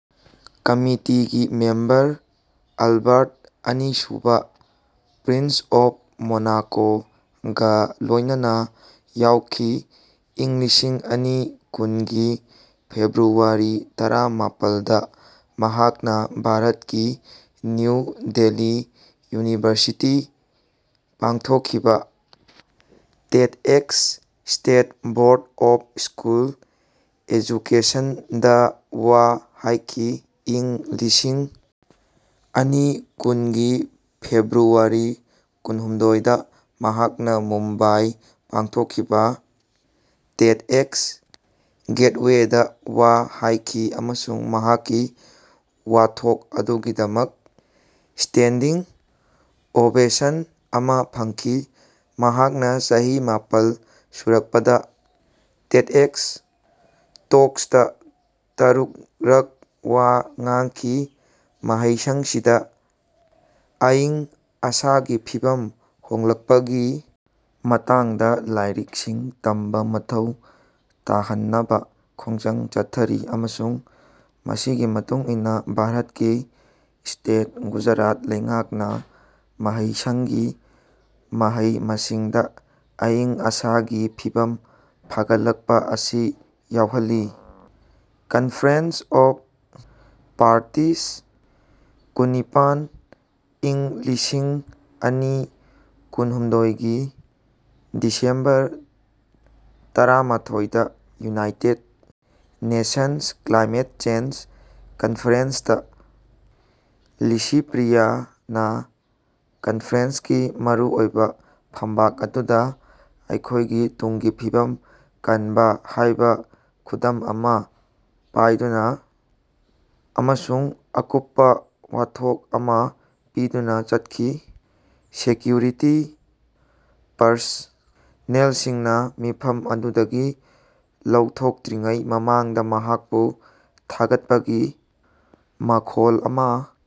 ꯀꯝꯃꯤꯇꯤꯒꯤ member Albert ꯑꯅꯤ ꯁꯨꯕ (prince of ꯃꯣꯅꯥꯀꯣ)ꯒꯥ ꯂꯣꯏꯅꯅ ꯌꯥꯎꯈꯤ꯫ꯏꯪ ꯂꯤꯁꯤꯡ ꯑꯅꯤ ꯀꯨꯟꯒꯤ ꯐꯦꯕ꯭ꯔꯨꯋꯥꯔꯤ ꯇꯔꯥ ꯃꯥꯄꯜꯗ ꯃꯍꯥꯛꯅ ꯚꯥꯔꯠꯀꯤ ꯅ꯭ꯌꯨ ꯗꯦꯜꯍꯤ ꯌꯨꯅꯤꯚꯔꯁꯤꯇꯤ ꯄꯥꯡꯊꯣꯛꯈꯤꯕ TEDx state board of school education ꯗ ꯋꯥ ꯍꯥꯏꯈꯤ꯫ ꯏꯪ ꯂꯤꯁꯤꯡ ꯑꯅꯤ ꯀꯨꯟꯒꯤ ꯐꯦꯕ꯭ꯔꯨꯋꯥꯔꯤ ꯀꯨꯟꯍꯨꯝꯗꯣꯏꯗ ꯃꯍꯥꯛꯅ ꯃꯨꯝꯕꯥꯏ ꯄꯥꯡꯊꯣꯛꯈꯤꯕ ꯇꯦꯗ꯭ꯑꯦꯛꯁ ꯒꯦꯠꯋꯦꯗ ꯋꯥ ꯍꯥꯏꯈꯤ ꯑꯃꯁꯨꯡ ꯃꯍꯥꯛꯀꯤ ꯋꯥꯊꯣꯛ ꯑꯗꯨꯒꯤꯗꯃꯛ ꯁ꯭ꯇꯦꯟꯗꯤꯡ ꯑꯣꯚꯦꯁꯟ ꯑꯃꯥ ꯐꯪꯈꯤ꯫ ꯃꯍꯥꯛꯅ ꯆꯍꯤ ꯃꯥꯄꯜ ꯁꯨꯔꯛꯄꯗ ꯇꯦꯗ꯭ꯑꯦꯛꯁ ꯇꯣꯛꯁꯇꯥ ꯇꯔꯨꯛꯔꯛ ꯋꯥ ꯉꯥꯡꯈꯤ꯫ ꯃꯍꯩꯁꯪꯁꯤꯡꯗ ꯑꯏꯪ ꯑꯁꯥꯒꯤ ꯐꯤꯚꯝ ꯍꯣꯡꯂꯛꯄꯒꯤ ꯃꯇꯥꯡꯗ ꯂꯥꯏꯔꯤꯛꯁꯤꯡ ꯇꯝꯕ ꯃꯊꯧ ꯇꯥꯍꯟꯅꯕ ꯈꯣꯡꯖꯪ ꯆꯠꯊꯔꯤ, ꯑꯃꯁꯨꯡ ꯃꯁꯤꯒꯤ ꯃꯇꯨꯡ ꯏꯟꯅ ꯚꯥꯔꯠꯀꯤ ꯁ꯭ꯇꯦꯠ ꯒꯨꯖꯔꯥꯠ ꯂꯩꯉꯥꯛꯅ ꯃꯍꯩꯁꯪꯒꯤ ꯃꯍꯩ-ꯃꯁꯤꯡꯗ ꯑꯏꯪ-ꯑꯁꯥꯒꯤ ꯐꯤꯚꯝ ꯐꯒꯠꯂꯛꯄ ꯑꯁꯤ ꯌꯥꯎꯍꯜꯂꯦ꯫ 'ꯀꯟꯐꯔꯦꯟꯁ ꯑꯣꯐ ꯄꯥꯔꯇꯤꯁ ꯀꯨꯟꯅꯤꯄꯥꯟ, ꯏꯪ ꯂꯤꯁꯤꯡ ꯑꯅꯤ ꯀꯨꯟꯍꯨꯝꯗꯣꯏꯒꯤ ꯗꯤꯁꯦꯝꯕꯔ ꯇꯔꯥꯃꯊꯣꯏꯗ, ꯌꯨꯅꯥꯏꯇꯦꯗ ꯅꯦꯁꯟꯁ ꯀ꯭ꯂꯥꯏꯃꯦꯠ ꯆꯦꯟꯖ ꯀꯟꯐꯔꯦꯟꯁꯇ ꯂꯤꯁꯤꯄ꯭ꯔꯤꯌꯥꯅ ꯀꯟꯐꯔꯦꯟꯁꯀꯤ ꯃꯔꯨꯑꯣꯏꯕ ꯐꯝꯕꯥꯛ ꯑꯗꯨꯗ ꯑꯩꯈꯣꯏꯒꯤ ꯇꯨꯡꯒꯤ ꯐꯤꯕꯝ ꯀꯟꯕ ꯍꯥꯏꯕ ꯈꯨꯗꯝ ꯑꯃ ꯄꯥꯏꯗꯨꯅ ꯑꯃꯁꯨꯡ ꯑꯀꯨꯞꯄ ꯋꯥꯊꯣꯛ ꯑꯃ ꯄꯤꯗꯨꯅ ꯆꯠꯈꯤ꯫ ꯁꯦꯀ꯭ꯌꯨꯔꯤꯇꯤ ꯄꯔꯁꯅꯦꯜꯁꯤꯡꯅ ꯃꯤꯐꯝ ꯑꯗꯨꯗꯒꯤ ꯂꯧꯊꯣꯛꯇ꯭ꯔꯤꯉꯩ ꯃꯃꯥꯡꯗ ꯃꯍꯥꯛꯄꯨ ꯊꯥꯒꯠꯄꯒꯤ ꯃꯈꯣꯜ ꯑꯃ